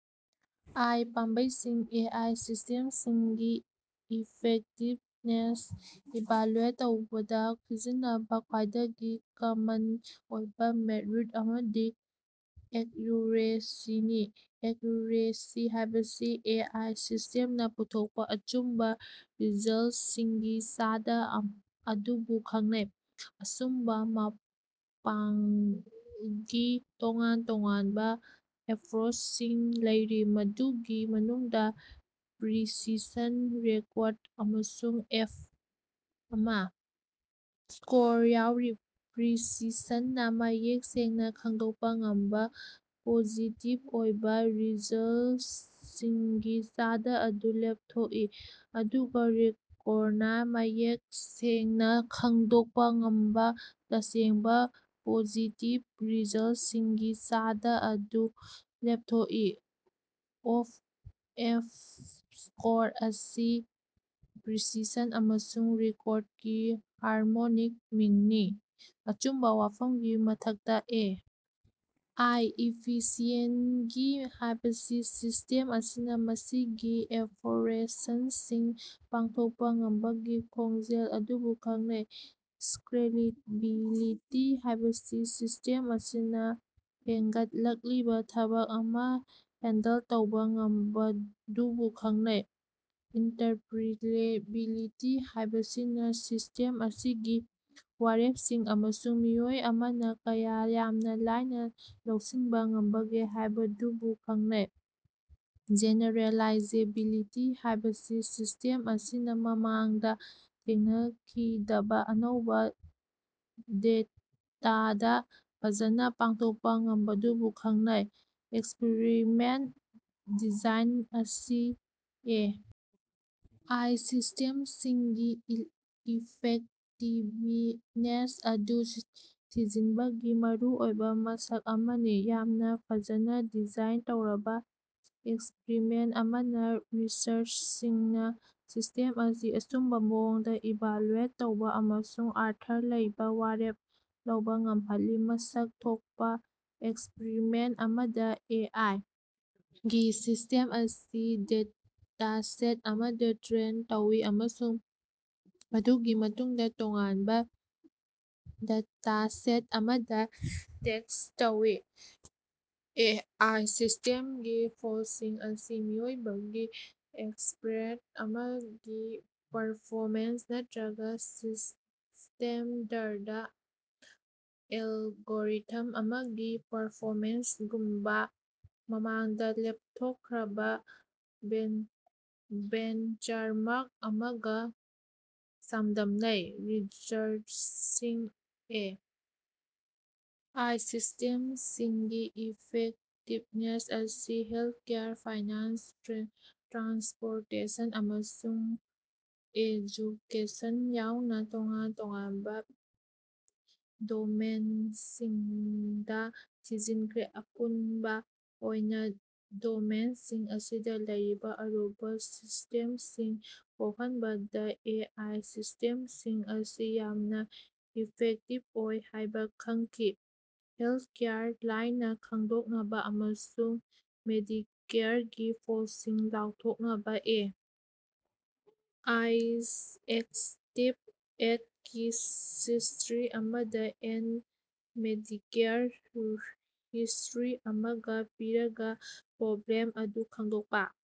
ꯑꯥꯏ. ꯄꯥꯝꯕꯩꯁꯤꯡ A. I. ꯁꯤꯁ꯭ꯇꯦꯝꯁꯤꯡꯒꯤ effectiveness evaluate ꯇꯧꯕꯗꯥ ꯁꯤꯖꯤꯟꯅꯕꯥ ꯈ꯭ꯋꯥꯏꯗꯒꯤ ꯀꯃꯟ ꯑꯣꯏꯕꯥ ꯃꯦꯠꯔꯤꯛ ꯑꯃꯗꯤ 'ꯑꯦꯛꯌꯨꯔꯦꯁꯤ'ꯅꯤ꯫ ꯑꯦꯛꯌꯨꯔꯦꯁꯤ ꯍꯥꯏꯕꯁꯤ ꯑꯦ. ꯑꯥꯏ. ꯁꯤꯁ꯭ꯇꯦꯝꯅꯥ ꯄꯨꯊꯣꯛꯄꯥ ꯑꯆꯨꯝꯕꯥ ꯔꯤꯖꯜꯇꯁꯤꯡꯒꯤ ꯆꯥꯗꯥ ꯑꯗꯨꯕꯨ ꯈꯪꯅꯩ꯫ ꯑꯆꯨꯝꯕꯥ ꯃꯥꯄꯜꯒꯤ ꯇꯣꯉꯥꯟ ꯇꯣꯉꯥꯟꯕꯥ ꯑꯦꯞꯄꯔꯣꯆꯁꯤꯡ ꯂꯩꯔꯤ, ꯃꯗꯨꯒꯤ ꯃꯅꯨꯡꯗꯥ ꯄ꯭ꯔꯤꯁꯤꯁꯟ, ꯔꯤꯀꯣꯜ, ꯑꯃꯁꯨꯡ ꯑꯦꯐ.ꯑꯃ ꯁ꯭ꯀꯣꯔ ꯌꯥꯎꯔꯤ꯫ ꯄ꯭ꯔꯤꯁꯤꯁꯟꯅꯥ ꯃꯌꯦꯛ ꯁꯦꯡꯅꯥ ꯈꯪꯗꯣꯛꯄꯥ ꯉꯝꯕꯥ ꯄꯣꯖꯤꯇꯤꯕ ꯑꯣꯏꯕꯥ ꯔꯤꯖꯜꯇꯁꯤꯡꯒꯤ ꯆꯥꯗꯥ ꯑꯗꯨ ꯂꯦꯞꯊꯣꯛꯏ, ꯑꯗꯨꯒꯥ ꯔꯤꯀꯣꯜꯅꯥ ꯃꯌꯦꯛ ꯁꯦꯡꯅꯥ ꯈꯪꯗꯣꯛꯄꯥ ꯉꯝꯕꯥ ꯇꯁꯦꯡꯕꯥ ꯄꯣꯖꯤꯇꯤꯕ ꯔꯤꯖꯜꯇꯁꯤꯡꯒꯤ ꯆꯥꯗꯥ ꯑꯗꯨ ꯂꯦꯞꯊꯣꯛꯏ꯫ ꯑꯦꯐꯑꯃ ꯁ꯭ꯀꯣꯔ ꯑꯁꯤ ꯄ꯭ꯔꯤꯁꯤꯁꯟ ꯑꯃꯁꯨꯡ ꯔꯤꯀꯣꯜꯒꯤ ꯍꯥꯔꯃꯣꯅꯤꯛ ꯃꯤꯡꯅꯤ꯫ ꯑꯆꯨꯝꯕꯥ ꯋꯥꯐꯝꯒꯤ ꯃꯊꯛꯇꯥ, ꯑꯦ. ꯑꯥꯏ. ꯏꯐꯤꯁꯤꯑꯦꯟꯁꯤ ꯍꯥꯏꯕꯁꯤ ꯁꯤꯁ꯭ꯇꯦꯝ ꯑꯁꯤꯅꯥ ꯃꯁꯤꯒꯤ ꯑꯣꯄꯔꯦꯁꯟꯁꯤꯡ ꯄꯥꯡꯊꯣꯛꯄꯥ ꯉꯝꯕꯒꯤ ꯈꯣꯡꯖꯦꯜ ꯑꯗꯨꯕꯨ ꯈꯪꯅꯩ꯫ ꯁ꯭ꯀꯦꯂꯦꯕꯤꯂꯤꯇꯤ ꯍꯥꯏꯕꯁꯤ ꯁꯤꯁ꯭ꯇꯦꯝ ꯑꯁꯤꯅꯥ ꯍꯦꯒꯠꯂꯛꯂꯤꯕꯥ ꯊꯕꯛ ꯑꯃꯥ ꯍꯦꯟꯗꯜ ꯇꯧꯕꯥ ꯉꯝꯕꯗꯨꯕꯨ ꯈꯪꯅꯩ꯫ ꯏꯟꯇꯔꯄꯔꯤꯇꯦꯕꯤꯂꯤꯇꯤ ꯍꯥꯏꯕꯁꯤꯅꯥ ꯁꯤꯁ꯭ꯇꯦꯝ ꯑꯁꯤꯒꯤ ꯋꯥꯔꯦꯞꯁꯤꯡ ꯑꯁꯤ ꯃꯤꯑꯣꯏ ꯑꯃꯅꯥ ꯀꯌꯥ ꯌꯥꯝꯅꯥ ꯂꯥꯏꯅꯥ ꯂꯧꯁꯤꯟꯕꯥ ꯉꯝꯕꯒꯦ ꯍꯥꯏꯕꯗꯨꯕꯨ ꯈꯪꯅꯩ꯫ ꯖꯦꯅꯦꯔꯦꯂꯥꯏꯖꯦꯕꯤꯂꯤꯇꯤ ꯍꯥꯏꯕꯁꯤ ꯁꯤꯁ꯭ꯇꯦꯝ ꯑꯁꯤꯅꯥ ꯃꯃꯥꯡꯗꯥ ꯊꯦꯡꯅꯈꯤꯗꯕꯥ ꯑꯅꯧꯕꯥ ꯗꯦꯇꯥꯗꯥ ꯐꯖꯅꯥ ꯄꯥꯡꯊꯣꯛꯄꯥ ꯉꯝꯕꯗꯨꯕꯨ ꯈꯪꯅꯩ꯫ ꯑꯦꯛꯁꯄꯤꯔꯤꯃꯦꯟ ꯗꯤꯖꯥꯏꯟ ꯑꯁꯤ ꯑꯦ. ꯑꯥꯏ. ꯁꯤꯁ꯭ꯇꯦꯝꯁꯤꯡꯒꯤ ꯏꯐꯦꯛꯇꯤꯕꯅꯦꯁ ꯑꯗꯨ ꯊꯤꯖꯤꯟꯕꯒꯤ ꯃꯔꯨꯑꯣꯏꯕꯥ ꯃꯁꯛ ꯑꯃꯅꯤ꯫ ꯌꯥꯝꯅꯥ ꯐꯖꯅꯥ ꯗꯤꯖꯥꯏꯟ ꯇꯧꯔꯕꯥ ꯑꯦꯛꯁꯄꯔꯤꯃꯦꯟꯇ ꯑꯃꯅꯥ ꯔꯤꯁꯔꯆꯔꯁꯤꯡꯅꯥ ꯁꯤꯁ꯭ꯇꯦꯝ ꯑꯁꯤ ꯑꯆꯨꯝꯕꯥ ꯃꯑꯣꯡꯗꯥ ꯏꯚꯥꯂꯨꯑꯦꯠ ꯇꯧꯕꯥ ꯑꯃꯁꯨꯡ ꯑꯔꯊ ꯂꯩꯕꯥ ꯋꯥꯔꯦꯞ ꯂꯧꯕꯥ ꯉꯝꯍꯜꯂꯤ꯫ ꯃꯁꯛ ꯊꯣꯛꯄꯥ ꯑꯦꯛꯁꯄꯔꯤꯃꯦꯟꯇ ꯑꯃꯗꯥ, ꯑꯦ. ꯑꯥꯏ. ꯒꯤ ꯁꯤꯁ꯭ꯇꯦꯝ ꯑꯁꯤ ꯗꯦꯇꯥꯁꯦꯠ ꯑꯃꯗꯥ ꯇ꯭ꯔꯦꯟ ꯇꯧꯏ ꯑꯃꯁꯨꯡ ꯃꯗꯨꯒꯤ ꯃꯇꯨꯡꯗꯥ ꯇꯣꯉꯥꯟꯕꯥ ꯗꯦꯇꯥꯁꯦꯠ ꯑꯃꯗꯥ ꯇꯦꯁ꯭ꯠ ꯇꯧꯏ꯫ ꯑꯦ. ꯑꯥꯏ. ꯁꯤꯁ꯭ꯇꯦꯃꯒꯤ ꯐꯦꯜꯁꯤꯡ ꯑꯁꯤ ꯃꯤꯑꯣꯏꯕꯒꯤ ꯑꯦꯛꯁꯄꯔꯠ ꯑꯃꯒꯤ ꯄꯔꯐꯣꯃꯦꯟꯁ ꯅꯠꯇꯔꯒꯥ ꯁ꯭ꯇꯦꯟꯗꯔꯗ ꯑꯦꯂꯒꯣꯔꯤꯊꯝ ꯑꯃꯒꯤ ꯄꯔꯐꯣꯃꯦꯟꯁꯒꯨꯝꯕꯥ ꯃꯃꯥꯡꯗꯥ ꯂꯦꯞꯊꯣꯛꯈ꯭ꯔꯕꯥ ꯕꯦꯟꯆꯃꯥꯔꯛ ꯑꯃꯒꯥ ꯆꯥꯡꯗꯝꯅꯩ꯫ ꯔꯤꯖꯜꯇꯁꯤꯡ ꯑꯦ. ꯑꯥꯏ. ꯁꯤꯁ꯭ꯇꯦꯝꯁꯤꯡꯒꯤ ꯏꯐꯦꯛꯇꯤꯕꯅꯦꯁ ꯑꯁꯤ ꯍꯦꯜꯀꯦꯌꯔ, ꯐꯥꯏꯅꯥꯟꯁ, ꯇ꯭ꯔꯥꯟꯁꯄꯣꯔꯇꯦꯁꯟ, ꯑꯃꯁꯨꯡ ꯑꯦꯖꯨꯀꯦꯁꯟ ꯌꯥꯎꯅ ꯇꯣꯉꯥꯟ ꯇꯣꯉꯥꯟꯕꯥ ꯗꯣꯃꯦꯟꯁꯤꯡꯗꯥ ꯊꯤꯖꯤꯟꯈ꯭ꯔꯦ꯫ ꯑꯄꯨꯟꯕꯥ ꯑꯣꯏꯅꯥ, ꯗꯣꯃꯦꯟꯁꯤꯡ ꯑꯁꯤꯗꯥ ꯂꯩꯔꯤꯕꯥ ꯑꯔꯨꯕꯥ ꯁꯃꯁ꯭ꯌꯥꯁꯤꯡ ꯀꯣꯍꯟꯕꯗꯥ ꯑꯦ. ꯑꯥꯏ. ꯁꯤꯁ꯭ꯇꯦꯃꯁꯤꯡ ꯑꯁꯤ ꯌꯥꯝꯅꯥ ꯏꯐꯦꯛꯇꯤꯕ ꯑꯣꯏ ꯍꯥꯏꯕꯥ ꯈꯪꯈꯤ ꯫ ꯍꯦꯜꯇꯀꯦꯌꯔꯗꯥ, ꯂꯥꯏꯅꯥ ꯈꯪꯗꯣꯛꯅꯕꯥ ꯑꯃꯁꯨꯡ ꯃꯦꯗꯤꯀꯦꯜꯒꯤ ꯐꯣꯜꯁꯤꯡ ꯂꯥꯎꯊꯣꯛꯅꯕꯥ ꯑꯦ. ꯑꯥꯏ. Esteva et. ꯒꯤ ꯁ꯭ꯇꯗꯤ ꯑꯃꯗꯥ ꯑꯦꯟ ꯃꯦꯗꯤꯀꯦꯜ ꯍꯤꯁ꯭ꯇꯔꯤ ꯑꯃꯥ ꯄꯤꯔꯒꯥ ꯄ꯭ꯔꯣꯕ꯭ꯂꯦꯝ ꯑꯗꯨ ꯈꯪꯗꯣꯛꯄꯥ꯫